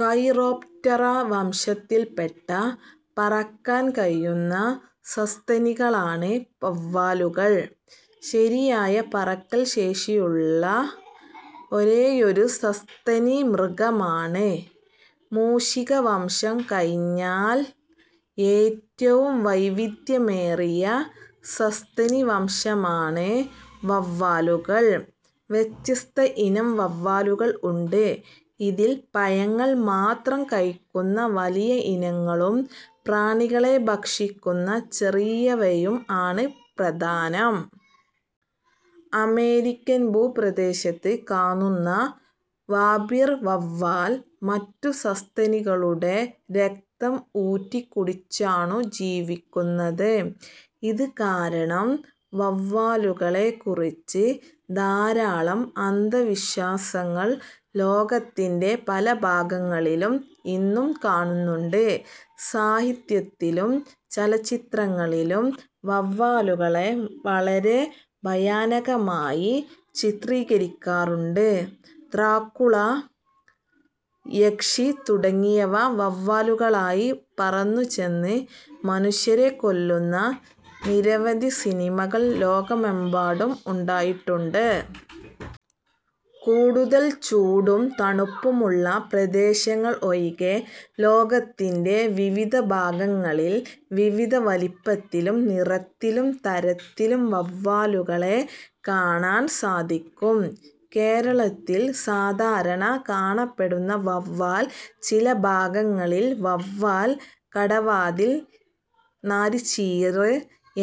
Chiroptera വംശത്തിൽപ്പെട്ട പറക്കാൻ കഴിയുന്ന സസ്തനികളാണ് വവ്വാലുകൾ. ശരിയായ പറക്കൽ ശേഷിയുള്ള ഒരേയൊരു സസ്തനി മൃഗമാണ്. മൂഷികവംശം കഴിഞ്ഞാൽ ഏറ്റവും വൈവിധ്യമേറിയ സസ്തനി വംശമാണ് വവ്വാലുകൾ. വ്യത്യസ്ത ഇനം വവ്വാലുകൾ ഉണ്ട്. ഇതിൽ പഴങ്ങൾ മാത്രം കഴിയ്ക്കുന്ന വലിയ ഇനങ്ങളും പ്രാണികളെ ഭക്ഷിക്കുന്ന ചെറിയവയും ആണ് പ്രധാനം. അമേരിക്കൻ ഭുപ്രദേശത്ത് കാന്നുന്ന വാമ്പീർ വവ്വാൽ മറ്റു സസ്തനികളുടെ രക്തം ഊറ്റി കുടിച്ചാണു ജീവിക്കുന്നത്. ഇത് കാരണം, വവ്വാലുകളെക്കുറിച്ച് ധാരാളം അന്ധവിശ്വാസങ്ങൾ ലോകത്തിന്റെ പല ഭാഗങ്ങളിലും ഇന്നും കാണുന്നുണ്ട്. സാഹിത്യത്തിലും ചലച്ചിത്രങ്ങളിലും വവ്വാലുകളെ വളരെ ഭയാനകമായി ചിത്രീകരിക്കാറുണ്ട്. ദ്രാക്കുള, യക്ഷി തുടങ്ങിയവ വവ്വാലുകളായി പറന്നുചെന്ന് മനുഷ്യരെ കൊല്ലുന്ന നിരവധി സിനിമകൾ ലോകമെമ്പാടും ഉണ്ടായിട്ടുണ്ട്. കൂടുതൽ ചൂടും, തണുപ്പും ഉള്ള പ്രദേശങ്ങൾ ഒഴികെ ലോകത്തിന്റെ വിവിധ ഭാഗങ്ങളിൽ വിവിധ വലിപ്പത്തിലും നിറത്തിലും തരത്തിലും വവ്വാലുകളെ കാണാൻ സാധിക്കും. കേരളത്തിൽ സാധാരണ കാണപ്പെടുന്ന വവ്വാൽ ചില ഭാഗങ്ങളിൽ വാവൽ, കടവാതിൽ, നരിച്ചീറ്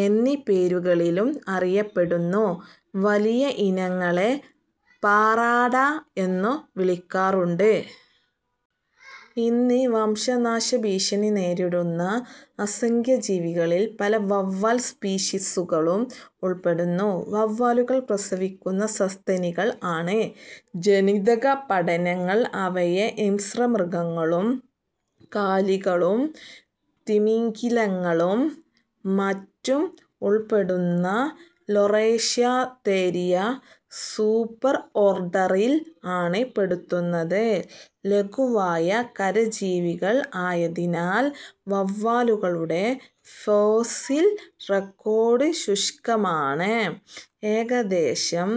എന്നീ പേരുകളിലും അറിയപ്പെടുന്നു. വലിയ ഇനങ്ങളെ പാറാട എന്നും വിളിക്കാറുണ്ട്. ഇന്ന് വംശനാശഭീഷണി നേരിടുന്ന അസംഖ്യം ജീവികളിൽ പല വവ്വാൽ സ്പീഷീസുകളും ഉൾപ്പെടുന്നു. വവ്വാലുകൾ പ്രസവിക്കുന്ന സസ്തനികൾ ആണ്. ജനിതകപഠനങ്ങൾ അവയെ ഹിംസ്രമൃഗങ്ങളും കാലികളും തിമിംഗിലങ്ങളും മറ്റും ഉൾപ്പെടുന്ന ലോറേഷ്യാതേരിയ സൂപ്പർഓർഡറിൽ ആണ് പെടുത്തുന്നത്. ലഘുവായ കരജീവികൾ ആയതിനാൽ വവ്വാലുകളുടെ ഫോസിൽ റെക്കോഡ് ശുഷ്കമാണ്. ഏകദേശം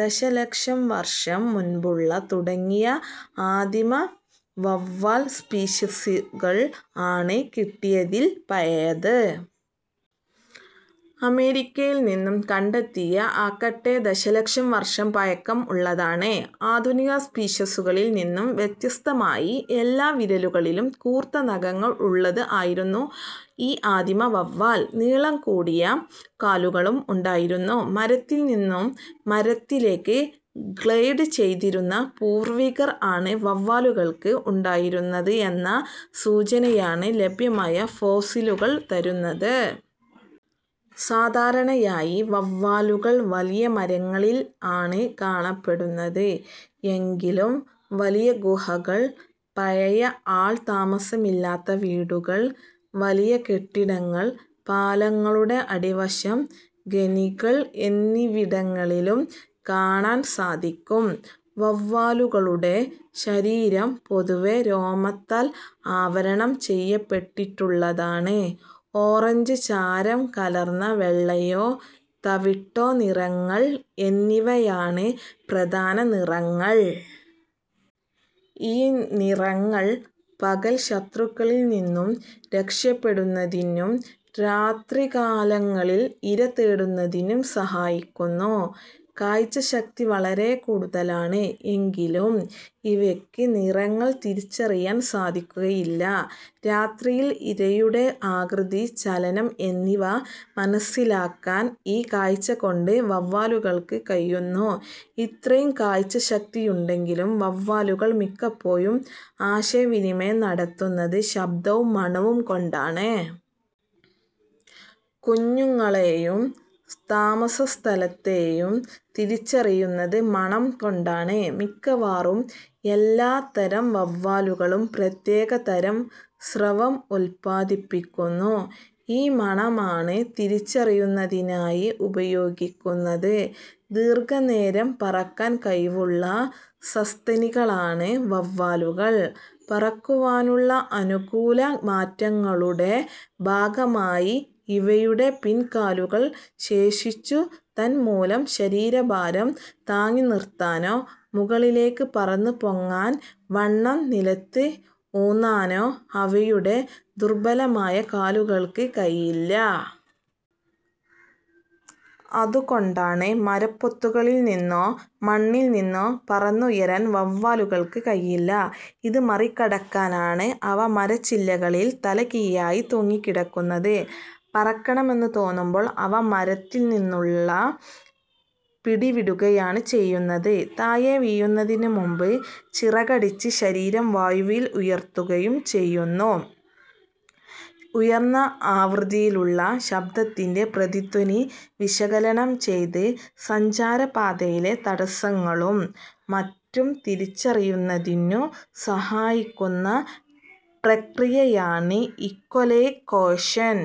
ദശലക്ഷം വർഷം മുൻപുള്ള, തുടങ്ങിയ ആദിമ വവ്വാൽ സ്പീഷീസുകൾ ആണ് കിട്ടിയതിൽ പഴയത്. അമേരിക്കയിൽ നിന്നും കണ്ടെത്തിയ ആകട്ടെ ദശലക്ഷം വർഷം പഴക്കം ഉള്ളതാണ്. ആധുനിക സ്പീഷീസുകളിൽ നിന്നും വ്യത്യസ്തമായി എല്ലാ വിരലുകളിലും കൂർത്ത നഖങ്ങൾ ഉള്ളത് ആയിരുന്നു ഈ ആദിമ വവ്വാൽ. നീളം കൂടിയ കാലുകളും ഉണ്ടായിരുന്നു. മരത്തിൽ നിന്നും മരത്തിലേക്ക് ഗ്ലൈഡ് ചെയ്തിരുന്ന പൂർവികർ ആണ് വവ്വാലുകൾക്ക് ഉണ്ടായിരുന്നത് എന്ന സൂചനയാണ് ലഭ്യമായ ഫോസിലുകൾ തരുന്നത്. സാധാരണയായി വവ്വാലുകൾ വലിയ മരങ്ങളിൽ ആണ് കാണപ്പെടുന്നത്. എങ്കിലും വലിയ ഗുഹകൾ, പഴയ ആൾ താമസമില്ലാത്ത വീടുകൾ, വലിയ കെട്ടിടങ്ങൾ, പാലങ്ങളുടെ അടിവശം, ഖനികൾ എന്നിവിടങ്ങളിലും കാണാൻ സാധിക്കും. വവ്വാലുകളുടെ ശരീരം പൊതുവേ രോമത്താൽ ആവരണം ചെയ്യപ്പെട്ടിട്ടുള്ളതാണ്. ഓറഞ്ച്, ചാരം കലർന്ന വെള്ളയോ തവിട്ടോ നിറങ്ങൾ എന്നിവയാണ് പ്രധാന നിറങ്ങൾ. ഈ നിറങ്ങൾ പകൽ ശത്രുക്കളിൽ നിന്നും രക്ഷപ്പെടുന്നതിനും രാത്രികാലങ്ങളിൽ ഇര തേടുന്നതിനും സഹായിക്കുന്നു. കാഴ്ചശക്തി വളരെ കൂടുതലാണ്. എങ്കിലും ഇവയ്ക്ക് നിറങ്ങൾ തിരിച്ചറിയാൻ സാധിക്കുകയില്ല. രാത്രിയിൽ ഇരയുടെ ആകൃതി, ചലനം എന്നിവ മനസ്സിലാക്കാൻ ഈ കാഴ്ചകൊണ്ട് വവ്വാലുകൾക്ക് കഴിയുന്നു. ഇത്രയും കാഴ്ചശക്തിയുണ്ടെങ്കിലും വവ്വാലുകൾ മിക്കപ്പോഴും ആശയവിനിമയം നടത്തുന്നത് ശബ്ദവും മണവും കൊണ്ടാണ്. കുഞ്ഞുങ്ങളെയും താമസസ്ഥലത്തെയും തിരിച്ചറിയുന്നത് മണം കൊണ്ടാണ്. മിക്കവാറും എല്ലാ തരം വവ്വാലുകളും പ്രത്യേക തരം സ്രവം ഉത്പാദിപ്പിക്കുന്നു. ഈ മണമാണ് തിരിച്ചറിയുന്നതിനായി ഉപയോഗിക്കുന്നത്. ദീർഘനേരം പറക്കാൻ കഴിവുള്ള സസ്തനികളാണ് വവ്വാലുകൾ. പറക്കുവാനുള്ള അനുകൂല മാറ്റങ്ങളുടെ ഭാഗമായി ഇവയുടെ പിൻകാലുകൾ ശോഷിച്ചു. തന്മൂലം ശരീരഭാരം താങ്ങിനിർത്താനോ മുകളിലേക്ക് പറന്നുപൊങ്ങാൻ വണ്ണം നിലത്ത് ഊന്നാനോ അവയുടെ ദുർബലമായ കാലുകൾക്ക് കഴിയില്ല. അതുകൊണ്ട് മരപ്പൊത്തുകളിൽനിന്നോ മണ്ണിൽ നിന്നോ പറന്നുയരാൻ വവ്വാലുകൾക്ക് കഴിയില്ല. ഇത് മറികടക്കാനാണ് അവ മരച്ചില്ലകളിൽ തലകീഴായി തൂങ്ങിക്കിടക്കുന്നത്. പറക്കണമെന്ന് തോന്നുമ്പോൾ അവ മരത്തിൽ നിന്നുള്ള പിടിവിടുകയാണ് ചെയ്യുന്നത്. താഴെ വീഴുന്നതിനുമുമ്പ് ചിറകടിച്ച് ശരീരം വായുവിൽ ഉയർത്തുകയും ചെയ്യുന്നു. ഉയർന്ന ആവൃത്തിയിലുള്ള ശബ്ദത്തിന്റെ പ്രതിധ്വനി വിശകലനം ചെയ്ത് സഞ്ചാരപാതയിലെ തടസ്സങ്ങളും മറ്റും തിരിച്ചറിയുന്നതിനു സഹായിക്കുന്ന പ്രക്രിയയാണ് ഇക്കോലൊക്കേഷൻ.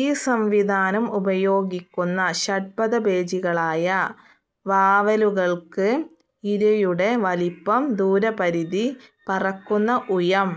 ഈ സംവിധാനം ഉപയോഗിക്കുന്ന ഷഡ്പദഭോജികളായ വാവലുകൾക്ക് ഇരയുടെ വലിപ്പം, ദൂരപരിധി, പറക്കുന്ന ഉയം,